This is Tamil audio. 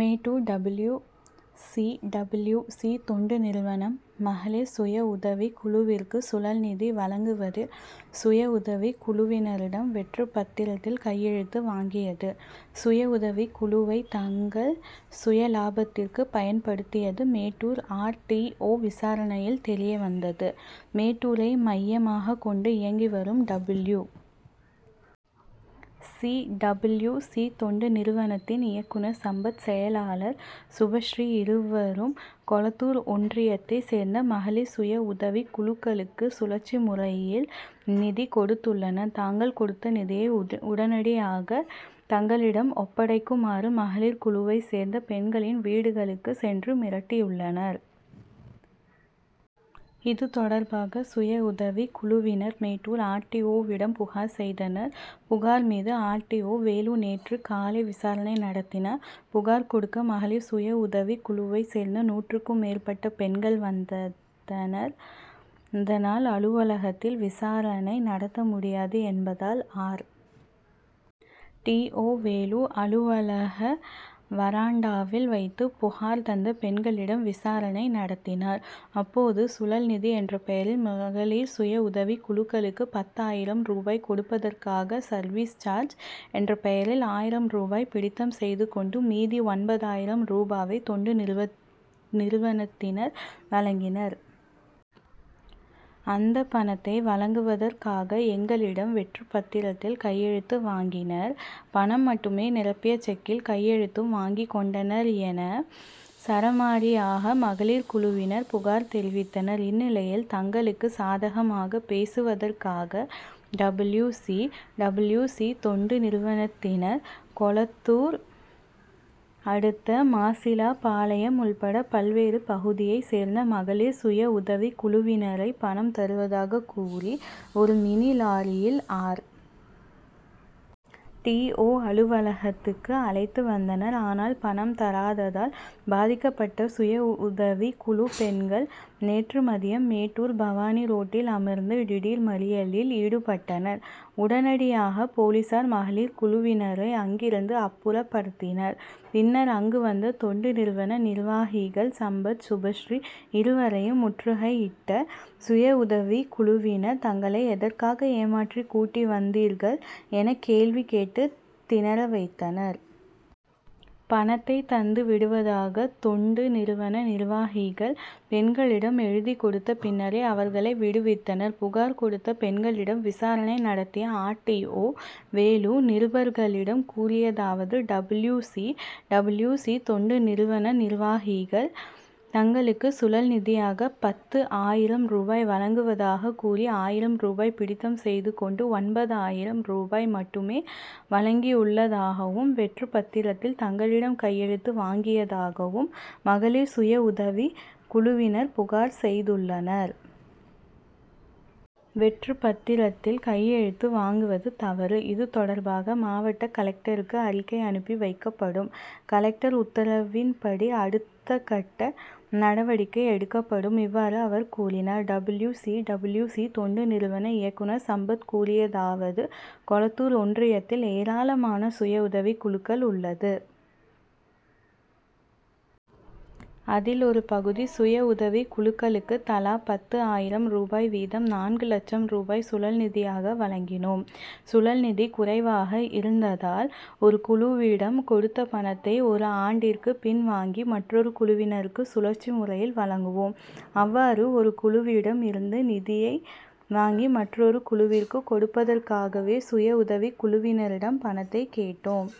மேட்டூர் டபில்யூ. சி. டபில்யூ. சி.தொண்டு நிறுவனம், மகளிர் சுய உதவி குழுவிற்கு சுழல்நிதி வழங்குவதில், சுய உதவி குழுவினரிடம் வெற்று பத்திரத்தில் கையெழுத்து வாங்கியது, சுயஉதவி குழுவை தங்கள் சுயலாபத்திற்கு பயன்படுத்தியது, மேட்டூர் ஆர். டி. ஓ.,விசாரணையில் தெரியவந்தது. மேட்டூரை மையமாக கொண்டு இயங்கி வரும் டபில்யூ. சி. டபில்யூ. சி. தொண்டு நிறுவனத்தின் இயக்குனர் சம்பத். செயலாளர் சுபஸ்ரீ. இருவரும் கொளத்தூர் ஒன்றியத்தை சேர்ந்த மகளிர் சுய உதவி குழுக்களுக்கு சுழற்சி முறையில் நிதி கொடுத்துள்ளனர். தாங்கள் கொடுத்த நிதியை உடனடியாக தங்களிடம் ஒப்படைக்குமாறு மகளிர் குழுவை சேர்ந்த பெண்களின் வீடுகளுக்கு சென்று மிரட்டியுள்ளனர். இதுதொடர்பாக சுயஉதவி குழுவினர் மேட்டூர் ஆர். டி. ஓ.விடம் புகார் செய்தனர். புகார் மீது ஆர். டி. ஓ. வேலு நேற்று காலை விசாரணை நடத்தினார். புகார் கொடுக்க மகளிர் சுய உதவி குழுவை சேர்ந்த நூற்றுக்கும் மேற்பட்ட பெண்கள் வந்ததனர். அதனால், அலுவலகத்தில விசாரணை நடத்த முடியாது என்பதால், ஆர். டி. ஓ.வேலு அ லுவலக வராண்டாவில் வைத்து புகார் தந்த பெண்களிடம் விசாரணை நடத்தினார். அப்போது, சுழல்நிதி என்ற பெயரில் மகளிர் சுய உதவி குழுக்களுக்கு, பத்து ஆயிரம் ரூபாய் கொடுப்பதற்காக, சர்வீஸ் சார்ஜ் என்ற பெயரில் ஆயிரம் ரூபாய் பிடித்தம் செய்து கொண்டு, மீதி ஒன்பதாயிரம் ரூபாயை தொண்டு நிறுவனத்தினர் வழங்கினர். அந்த பணத்தை வழங்குவதற்காக எங்களிடம் வெற்று பத்திரத்தில் கையெழுத்து வாங்கினர். பணம் மட்டுமே நிரப்பிய செக்கில் கையெழுத்தும் வாங்கி கொண்டனர்' என சரமாரியாக மகளிர் குழுவினர் புகார் தெரிவித்தனர். இந்நிலையில், தங்களுக்கு சாதமாக பேசுவதற்காக டபில்யூ. சி. டபில்யூ. சி.தொண்டு நிறுவனத்தினர், கொளத்தூர் அடுத்த மாசிலாபாளையம் உள்பட பல்வேறு பகுதியை சேர்ந்த மகளிர் சுய உதவி குழுவினரை, பணம் தருவதாக கூறி ஒரு மினி லாரியில் ஆர். டி. ஓ., அலுவலகத்துக்கு அழைத்து வந்தனர். ஆனால், பணம் தராததால் பாதிக்கப்பட்ட சுயஉதவி குழு பெண்கள் நேற்று மதியம் மேட்டூர்-பவானி ரோட்டில் அமர்ந்து திடீர் மறியலில் ஈடுபட்டனர். உடனடியாக போலீஸார், மகளிர் குழுவினரை அங்கிருந்து அப்புறப்படுத்தினர். பின்னர் அங்கு வந்த தொண்டு நிறுவன நிர்வாகிகள் சம்பத், சுபஸ்ரீ இருவரையும் முற்றுகையிட்ட சுய உதவி குழுவினர், தங்களை எதற்காக ஏமாற்றி கூட்டி வந்தீர்கள் என கேள்வி கேட்டு தினறவைத்தனர். பணத்தை தந்து விடுவதாக தொண்டு நிறுவன நிர்வாகிகள் பெண்களிடம் எழுதி கொடுத்த பின்னரே அவர்களை விடுவித்தனர். புகார் கொடுத்த பெண்களிடம் விசாரணை நடத்திய ஆர். டி. ஓ. வேலு நிருபர்களிடம் கூறியதாவது:டபில்யூ. C., W. சி. தொண்டு நிறுவன நிர்வாகிகள், தங்களுக்கு சுழல்நிதியாக பத்து ஆயிரம் ரூபாய் வழங்குவதாக கூறி ஆயிரம் ரூபாய் பிடித்தம் செய்து கொண்டு ஒன்பதாயிரம் ரூபாய் மட்டுமே வழங்கியுள்ளதாகவும், வெற்றுபத்திரத்தில் தங்களிடம் கையெழுத்து வாங்கியதாகவும் மகளிர் சுய உதவி குழுவினர் புகார் செய்துள்ளனர். வெற்று பத்திரத்தில் கையெழுத்து வாங்குவது தவறு. இதுதொடர்பாக மாவட்ட கலெக்டருக்கு அறிக்கை அனுப்பி வைக்கப்படும். கலெக்டர் உத்தரவின்படி அடுத்தகட்ட நடவடிக்கை எடுக்கப்படும்இவ்வாறு அவர் கூறினார். டபில்யூ. சி. டபில்யூ. சி. தொண்டு நிறுவன இயக்குனர் சம்பத் கூறியதாவது: கொளத்தூர் ஒன்றியத்தில் ஏராளமான சுய உதவி குழுக்கள் உள்ளது. அதில், ஒருபகுதி சுய உதவி குழுக்களுக்கு தலா பத்து ஆயிரம் ரூபாய் வீதம் நான்கு லட்சம் ரூபாய் சுழல்நிதியாக வழங்கினோம். சுழல்நிதி குறைவாக இருந்ததால், ஒரு குழுவிடம் கொடுத்த பணத்தை, ஒரு ஆண்டிற்கு பின் வாங்கி மற்றொரு குழுவினருக்கு சுழற்சி முறையில் வழங்குவோம். அவ்வாறு ஒரு குழுவிடம் இருந்து நிதியை வாங்கி மற்றொரு குழுவிற்கு கொடுப்பதற்காகவே, சுயஉதவி குழுவினரிடம் பணத்தை கேட்டோம்.